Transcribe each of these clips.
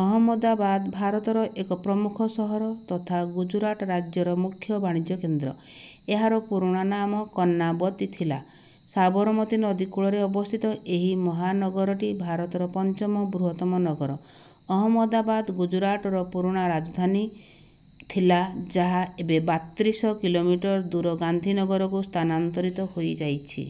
ଅହମଦାବାଦ ଭାରତର ଏକ ପ୍ରମୁଖ ସହର ତଥା ଗୁଜରାଟ ରାଜ୍ୟର ମୁଖ୍ୟ ବାଣିଜ୍ୟ କେନ୍ଦ୍ର। ଏହାର ପୁରୁଣା ନାମ କର୍ଣ୍ଣାବତୀ ଥିଲା। ସାବରମତୀ ନଦୀ କୂଳରେ ଅବସ୍ଥିତ ଏହି ମହାନଗରଟି ଭାରତର ପଞ୍ଚମ ବୃହତ୍ତମ ନଗର। ଅହମଦାବାଦ ଗୁଜରାଟର ପୁରୁଣା ରାଜଧାନୀ ଥିଲା ଯାହା ଏବେ ବାତ୍ରିଶ କିଲୋମିଟର ଦୂର ଗାନ୍ଧୀନଗରକୁ ସ୍ଥାନାନ୍ତରିତ ହୋଇଯାଇଛି।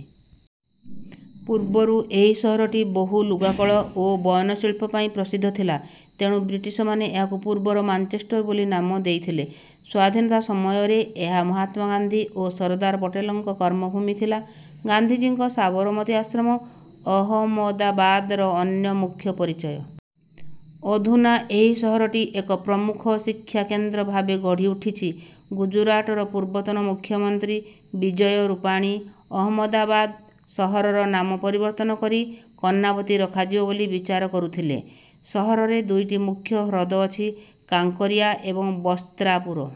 ପୂର୍ବରୁ ଏହି ସହରଟି ବହୁ ଲୁଗାକଳ ଓ ବୟନଶିଳ୍ପ ପାଇଁ ପ୍ରସିଦ୍ଧ ଥିଲା ତେଣୁ ବ୍ରିଟିଶମାନେ ଏହାକୁ ପୂର୍ବର ମାଞ୍ଚେଷ୍ଟର ବୋଲି ନାମ ଦେଇଥିଲେ। ସ୍ୱାଧୀନତା ସମୟରେ ଏହା ମହାତ୍ମା ଗାନ୍ଧୀ ଓ ସରଦାର ପଟେଲଙ୍କ କର୍ମଭୂମି ଥିଲା। ଗାନ୍ଧୀଜୀଙ୍କ ସାବରମତୀ ଆଶ୍ରମ ଅହମଦାବାଦର ଅନ୍ୟ ମୁଖ୍ୟ ପରିଚୟ। ଅଧୁନା ଏହି ସହରଟି ଏକ ପ୍ରମୁଖ ଶିକ୍ଷା କେନ୍ଦ୍ର ଭାବେ ଗଢ଼ି ଉଠିଛି। ଗୁଜରାଟର ପୂର୍ବତନ ମୁଖ୍ୟମନ୍ତ୍ରୀ ବିଜୟ ରୂପାଣୀ ଅହମ୍ମଦାବାଦ ସହରର ନାମ ପରିବର୍ତ୍ତନ କରି କର୍ଣ୍ଣାବତୀ ରଖାଯିବ ବୋଲି ବିଚାର କରୁଥିଲେ। ସହରରେ ଦୁଇଟି ମୁଖ୍ୟ ହ୍ରଦ ଅଛି କାଙ୍କରିଆ ଏବଂ ବସ୍ତ୍ରାପୁର।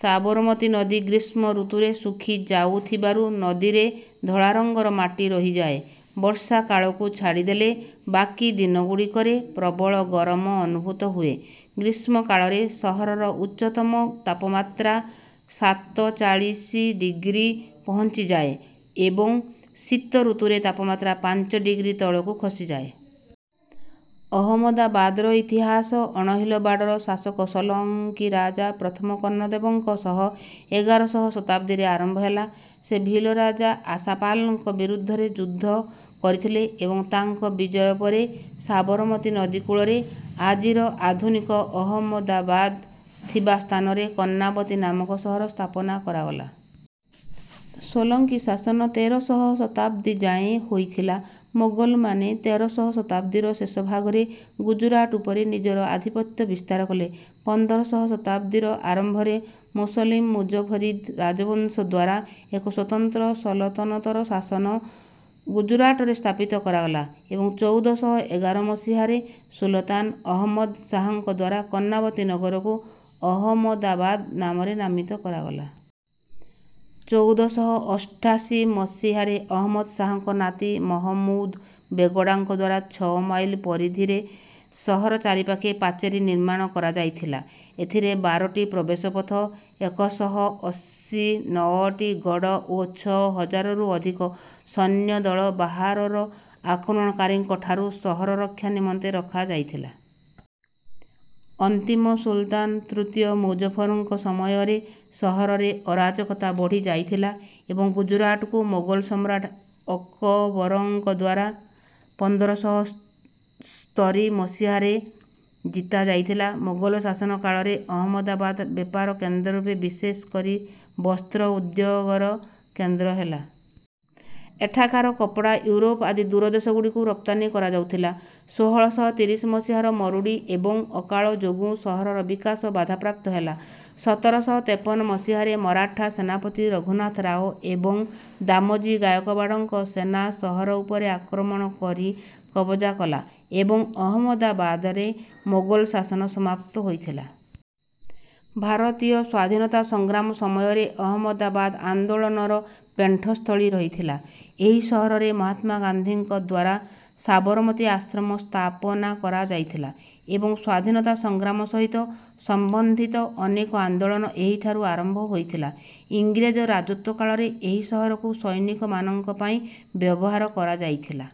ସାବରମତୀ ନଦୀ ଗ୍ରୀଷ୍ମ ଋତୁରେ ଶୁଖି ଯାଉଥିବାରୁ ନଦୀରେ ଧଳା ରଙ୍ଗର ମାଟି ରହିଯାଏ। ବର୍ଷା କାଳକୁ ଛାଡ଼ିଦେଲେ ବାକି ଦିନଗୁଡ଼ିକରେ ପ୍ରବଳ ଗରମ ଅନୁଭୂତ ହୁଏ। ଗ୍ରୀଷ୍ମ କାଳରେ ସହରର ଉଚ୍ଚତମ ତାପମାତ୍ରା ସାତଚାଳିଶି ଡିଗ୍ରୀ ପହଞ୍ଚିଯାଏ ଏବଂ ଶୀତ ଋତୁରେ ତାପମାତ୍ରା ପାଞ୍ଚ ଡିଗ୍ରୀ ତଳକୁ ଖସିଯାଏ। ଅହମଦାବାଦର ଇତିହାସ ଅଣହିଲବାଡ଼ର ଶାସକ ସୋଲଙ୍କୀ ରାଜା ପ୍ରଥମ କର୍ଣ୍ଣଦେବଙ୍କ ସହ ଏଗାରଶହ ଶତାବ୍ଦୀରେ ଆରମ୍ଭ ହେଲା। ସେ ଭୀଲ ରାଜା ଆଶାପାଲଙ୍କ ବିରୁଦ୍ଧରେ ଯୁଦ୍ଧ କରିଥିଲେ ଏବଂ ତାଙ୍କ ବିଜୟ ପରେ ସାବରମତୀ ନଦୀ କୂଳରେ ଆଜିର ଆଧୁନିକ ଅହମଦାବାଦ ଥିବା ସ୍ଥାନରେ କର୍ଣ୍ଣାବତୀ ନାମକ ସହର ସ୍ଥାପନା କରାଗଲା। ସୋଲଙ୍କୀ ଶାସନ ତେରଶହ ଶତାବ୍ଦୀ ଯାଏଁ ହୋଇଥିଲା ମୋଗଲମାନେ ତେରଶହ ଶତାବ୍ଦୀର ଶେଷ ଭାଗରେ ଗୁଜରାଟ ଉପରେ ନିଜର ଆଧିପତ୍ୟ ବିସ୍ତାର କଲେ। ପନ୍ଦରଶହ ଶତାବ୍ଦୀର ଆରମ୍ଭରେ ମୁସଲିମ ମୁଜଫରିଦ ରାଜବଂଶ ଦ୍ୱାରା ଏକ ସ୍ୱତନ୍ତ୍ର ସଲତନତର ଶାସନ ଗୁଜରାଟରେ ସ୍ଥାପିତ କରାଗଲା ଏବଂ ଚଉଦ ଶହ ଏଗାର ମସିହାରେ ସୁଲତାନ ଅହମଦ ଶାହଙ୍କ ଦ୍ୱାରା କର୍ଣ୍ଣାବତୀ ନଗରକୁ ଅହମଦାବାଦ ନାମରେ ନାମିତ କରାଗଲା। ଚଉଦ ଶହ ଅଷ୍ଟାଶୀ ମସିହାରେ ଅହମଦ ଶାହଙ୍କ ନାତି ମହମୁଦ ବେଗଡ଼ାଙ୍କ ଦ୍ୱାରା ଛଅ ମାଇଲ ପରିଧିରେ ସହର ଚାରିପାଖେ ପାଚେରୀ ନିର୍ମାଣ କରାଯାଇଥିଲା। ଏଥିରେ ବାରଟି ପ୍ରବେଶ ପଥ ଏକ ଶହ ଅଶୀ ନଅଟି ଗଡ଼ ଓ ଛଅ ହଜାରରୁ ଅଧିକ ସୈନ୍ୟଦଳ ବାହାରର ଆକ୍ରମଣକାରୀଙ୍କ ଠାରୁ ସହର ରକ୍ଷା ନିମନ୍ତେ ରଖାଯାଇଥିଲା। ଅନ୍ତିମ ସୁଲତାନ ତୃତୀୟ ମୁଜଫରଙ୍କ ସମୟରେ ସହରରେ ଅରାଜକତା ବଢ଼ି ଯାଇଥିଲା ଏବଂ ଗୁଜରାଟକୁ ମୋଗଲ ସମ୍ରାଟ ଅକବରଙ୍କ ଦ୍ୱାରା ପନ୍ଦର ଶହ ସ୍ତରୀ ମସିହାରେ ଜିତା ଯାଇଥିଲା। ମୋଗଲ ଶାସନ କାଳରେ ଅହମଦାବାଦ ବେପାର କେନ୍ଦ୍ର ରୂପେ ବିଶେଷ କରି ବସ୍ତ୍ର ଉଦ୍ୟୋଗର କେନ୍ଦ୍ର ହେଲା। ଏଠାକାର କପଡ଼ା ୟୁରୋପ ଆଦି ଦୂର ଦେଶଗୁଡ଼ିକୁ ରପ୍ତାନି କରାଯାଉଥିଲା। ଷୋହଳ ଶହ ତିରିଶ ମସିହାର ମରୁଡ଼ି ଏବଂ ଅକାଳ ଯୋଗୁଁ ସହରର ବିକାଶ ବାଧାପ୍ରାପ୍ତ ହେଲା। ସତର ଶହ ତେପନ ମସିହାରେ ମରାଠା ସେନାପତି ରଘୁନାଥ ରାଓ ଏବଂ ଦାମଜୀ ଗାୟକବାଡ଼ଙ୍କ ସେନା ସହର ଉପରେ ଆକ୍ରମଣ କରି କବଜା କଲା ଏବଂ ଅହମଦାବାଦରେ ମୋଗଲ ଶାସନ ସମାପ୍ତ ହୋଇଥିଲା। ଭାରତୀୟ ସ୍ୱାଧୀନତା ସଂଗ୍ରାମ ସମୟରେ ଅହମଦାବାଦ ଆନ୍ଦୋଳନର ପେଣ୍ଠସ୍ଥଳୀ ରହିଥିଲା। ଏହି ସହରରେ ମହାତ୍ମା ଗାନ୍ଧୀଙ୍କ ଦ୍ୱାରା ସାବରମତୀ ଆଶ୍ରମ ସ୍ଥାପନା କରାଯାଇଥିଲା ଏବଂ ସ୍ୱାଧୀନତା ସଂଗ୍ରାମ ସହିତ ସମ୍ବନ୍ଧିତ ଅନେକ ଆନ୍ଦୋଳନ ଏହିଠାରୁ ଆରମ୍ଭ ହୋଇଥିଲା। ଇଂରେଜ ରାଜତ୍ୱ କାଳରେ ଏହି ସହରକୁ ସୈନିକମାନଙ୍କ ପାଇଁ ବ୍ୟବହାର କରାଯାଇଥିଲା।